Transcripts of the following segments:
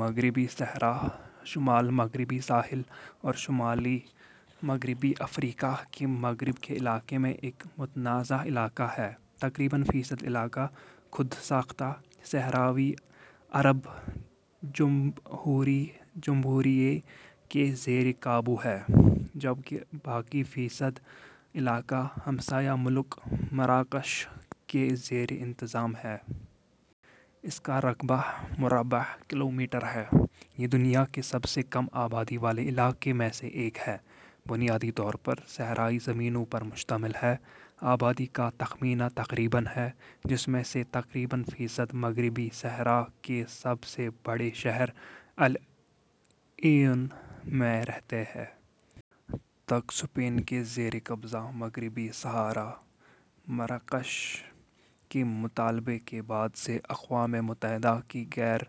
مغربی صحارا ، شمال مغربی ساحل اور شمالی اور مغربی افریقہ کے مغرب کے علاقے میں ایک متنازع علاقہ ہے۔ تقریباً فیصد علاقہ خود ساختہ صحراوی عرب جمہوری جمہوریہ کے زیر قابو ہے، جب کہ بقیہ فیصد علاقہ ہمسایہ ملک مراکش کے زیر انتظام ہے۔ اس کا رقبہ مربع کلومیٹر ہے۔ یہ دنیا کے سب سے کم آبادی والے علاقوں میں سے ایک ہے ، بنیادی طور پر صحرائی زمینوں پر مشتمل ہے۔ آبادی کا تخمینہ تقریباً ہے، جس میں سے تقریباً فیصد مغربی صحارا کے سب سے بڑے شہر العیون میں رہتے ہیں۔ ء تک اسپین کے زیر قبضہ، مغربی صحارا مراکش کے مطالبے کے بعد ء سے اقوام متحدہ کی غیر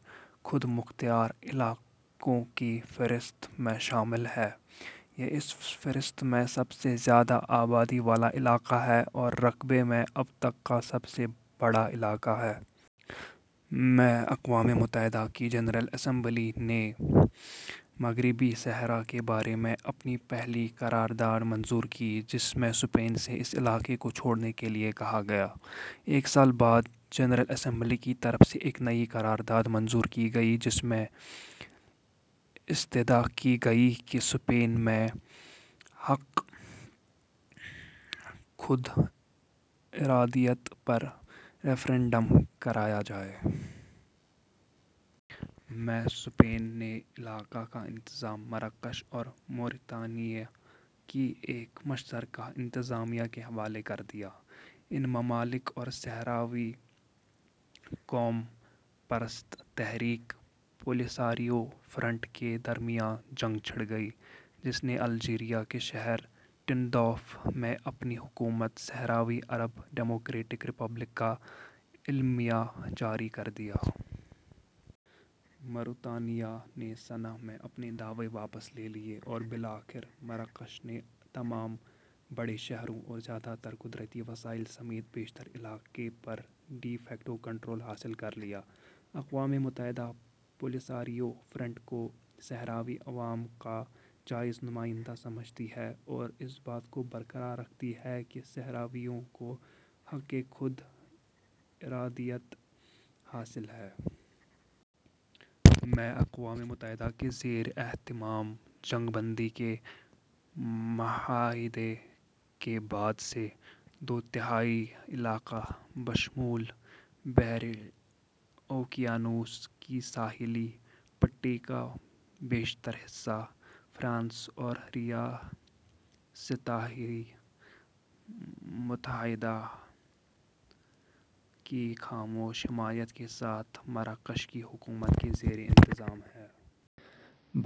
خود مختار علاقوں کی فہرست میں شامل ہے۔ یہ اس فہرست میں سب سے زیادہ آبادی والا علاقہ ہے اور رقبے میں اب تک کا سب سے بڑا علاقہ ہے۔ ء میں، اقوام متحدہ کی جنرل اسمبلی نے مغربی صحارا کے بارے میں اپنی پہلی قرارداد منظور کی، جس میں اسپین سے اس علاقے کو چھوڑنے کے لیے کہا گیا۔ ایک سال بعد، جنرل اسمبلی کی طرف سے ایک نئی قرارداد منظور کی گئی جس میں استدعا کی گئی کہ اسپین میں حق خود ارادیت پر ریفرنڈم کرایا جائے۔ میں، اسپین نے علاقہ کا انتظام مراکش اور موریطانیہ کی ایک مشترکہ انتظامیہ کے حوالے کر دیا۔ ان ممالک اور صحراوی قوم پرست تحریک، پولیساریو فرنٹ کے درمیان جنگ چھڑ گئی، جس نے الجزائر کے شہر تندوف میں اپنی حکومت صحراوی عرب ڈیموکریٹک ریپبلک کا اعلامیہ جاری کر دیا۔ موریطانیہ نے سنہ ء میں اپنے دعوے واپس لے لیے اور بالآخر مراکش نے تمام بڑے شہروں اور زیادہ تر قدرتی وسائل سمیت بیشتر علاقے پر ڈی فیکٹو کنٹرول حاصل کر لیا۔ اقوام متحدہ پولیساریو فرنٹ کو صحراوی عوام کا جائز نمائندہ سمجھتی ہے اور اس بات کو برقرار رکھتی ہے کہ صحرائیوں کو حق خود ارادیت حاصل ہے۔ ء میں اقوام متحدہ کے زیر اہتمام جنگ بندی کے معاہدے کے بعد سے، دو تہائی علاقہ، بشمول بحر اوقیانوس کی ساحلی پٹی کا بیشتر حصہ، فرانس اور ریاستہائے متحدہ کی خاموش حمایت کے ساتھ، مراکش کی حکومت کے زیر انتظام ہے۔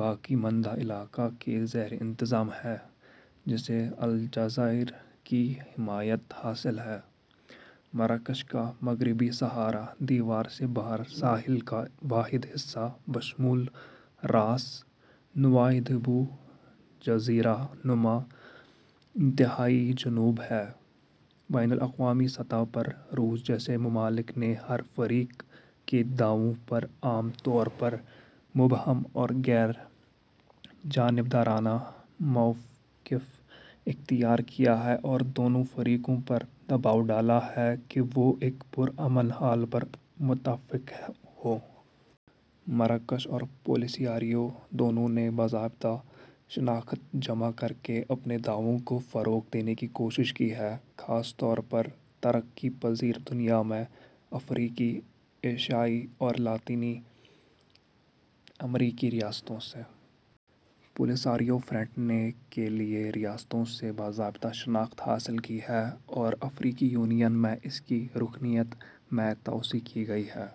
باقی ماندہ علاقہ کے زیر انتظام ہے، جسے الجزائر کی حمایت حاصل ہے۔ مراکش کا مغربی صحارا دیوار سے باہر ساحل کا واحد حصہ بشمول راس نوادیبو جزیرہ نما، انتہائی جنوب ہے۔ بین الاقوامی سطح پر، روس جیسے ممالک نے ہر فریق کے دعووں پر عام طور پر مبہم اور غیر جانبدارانہ موقف اختیار کیا ہے اور دونوں فریقوں پر دباؤ ڈالا ہے کہ وہ ایک پرامن حل پر متفق ہوں۔ مراکش اور پولیساریو دونوں نے باضابطہ شناخت جمع کر کے اپنے دعووں کو فروغ دینے کی کوشش کی ہے، خاص طور پر ترقی پزیر دنیا میں افریقی، ایشیائی اور لاطینی امریکی ریاستوں سے۔ پولساریو فرنٹ نے کے لیے ریاستوں سے باضابطہ شناخت حاصل کی ہے اور افریقی یونین میں اس کی رکنیت میں توسیع کی گئی ہے۔